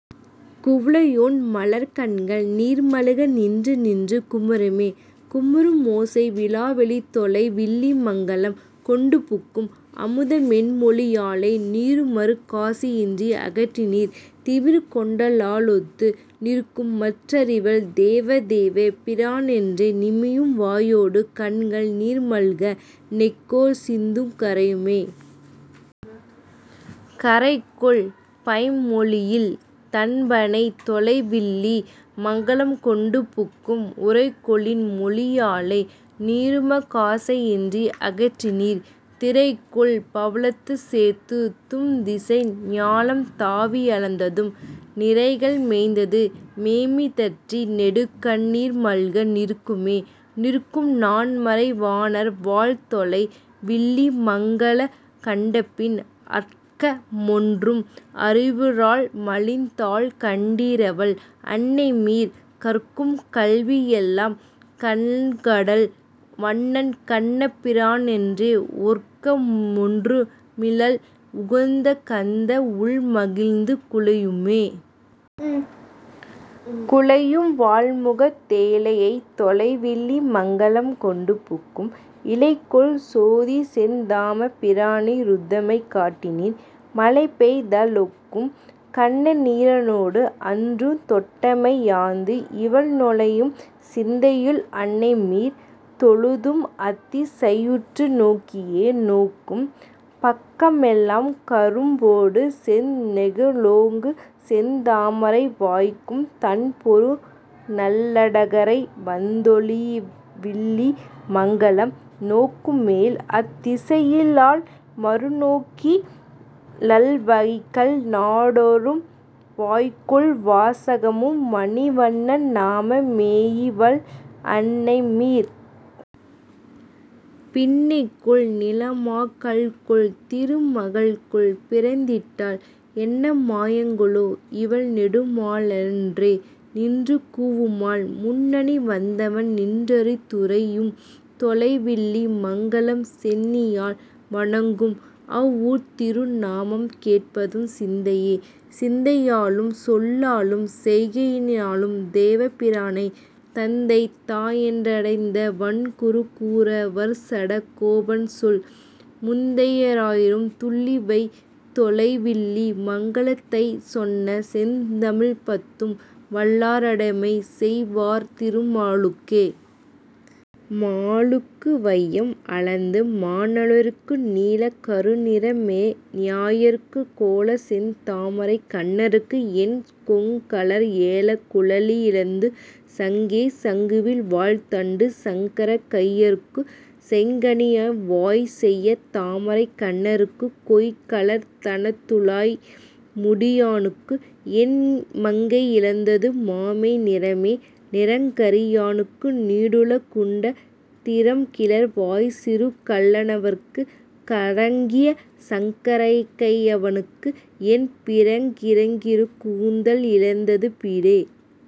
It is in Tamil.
குவளை யொண்மலர்க் கண்கள் நீர்மல்க நின்று நின்று குமுறுமே.. குமுறு மோசை விழவ லித்தொலை வில்லி மங்கலம் கொண்டுபுக்கு, அமுத மென்மொழி யாளை நீருமக் காசை யின்றி அகற்றினீர், திமிர்க்கொண் டாலொத்து நிற்கும் மற்றறிவள் தேவ தேவபி ரானென்றே, நிமியும் வாயொடு கண்கள் நீர்மல்க நெக்கொ சிந்து கரையுமே.. கரைகொள் பைம்பொழியில் தண்ப ணைத்தொலை வில்லி மங்கலம் கொண்டுபுக்கு, உரைகொ ளின்மொழி யாளை நீருமக் காசை யின்றி அகற்றினீர், திரைகொள் பௌவத்து சேர்ந்த தும்திசை ஞாலம் தாவி யளந்ததும், நிரைகள் மேய்த்தது மேபி தற்றி நெடுங்கண் ணீர்மல்க நிற்குமே.. நிற்கும் நான்மறை வாணர் வாழ்தொலை வில்லி மங்கலங் கண்டபின், அற்க மொன்றும் அறிவு றாள்மலிந் தாள்கண் டீரிவள் அன்னைமீர், கற்கும் கல்வியெல் லாம்க ருங்கடல் வண்ணன் கண்ணபி ரானென்றே, ஒற்க மொன்றுமி லள்உகந்துகந்து உள்மகிழ்ந்து குழையுமே.. குழையும் வாள்முகத் தேழை யைத்தொலை வில்லி மங்கலம் கொண்டுபுக்கு, இழைகொள் சோதிச்செந் தாம பிரானி ருந்தமை காட்டினீர், மழைபெய் தாலொக்கும் கண்ண நீரினொடு அன்று தொட்டும்மை யாந்து, இவள் நுழையும் சிந்தையள் அன்னை மீர். தொழுதும் அத்தி சையுற்று நோக்கியே.. நோக்கும் பக்கமெல் லாம்க ரும்பொடு செந்நெ லோங்குசெந் தாமரை, வாய்க்கும் தண்பொரு நல்ல டகரை வந்தொ லைவில்லி மங்கலம், நோக்கு மேல்அ த் திசையல் லால்மறு நோக்கி லள்வைகல் நாள்டொறும், வாய்க்கொள் வாசக மும்ம ணிவண்ணன் நாம மேயிவள் அன்னைமீர்.. பின்னை கொல்நில மாம கள்கொல்? திரும கள்கொல்? பிறந்திட்டாள், என்ன மாயங்கொ லோ? இ வள்நெடு மாலென் றேநின்று கூவுமால், முன்னி வந்தவன் நின்றி ருந்துறை யும்தொ லைவில்லி மங்கலம் சென்னி யால்வணங் கும்அ வ் வூர்த்திரு நாமம் கேட்பது சிந்தையே. சிந்தை யாலும்சொல் லாலும் செய்கையினாலும் தேவ பிரானையே, தந்தை தாயென் றடைந்த வண்குரு கூர வர்சட கோபன்சொல், முந்தை யாயிரத் துள்ளி வைதொலை வில்லி மங்கலத் தைச்சொன்ன, செந்தமிழ்பத்தும் வல்லாரடிமை செய் வார்திரு மாலுக்கே. மாலுக்கு வையம் அளந்த மணாளற்கு, நீலக் கருநிற மேக நியாயற்கு, கோலச்செந் தாமரைக் கண்ணற்கு, என் கொங்கலர் ஏலக் குழலி யிழந்தது சங்கே.. சங்குவில் வாள்தண்டு சக்கரக் கையற்கு, செங்கனி வாய்ச்செய்ய தாமரை கண்ணற்கு, கொங்கலர் தண்ணந் துழாய்முடி யானுக்கு, என் மங்கை யிழந்தது மாமை நிறமே.. நிறங்கரி யானுக்கு நீடுல குண்ட, திறம்கிளர் வாய்ச்சிறு கள்ள னவற்கு, கறங்கிய சக்கரக் கையவ னுக்கு, என் பிறங்கிருங் கூந்தல் இழந்தது பீடே..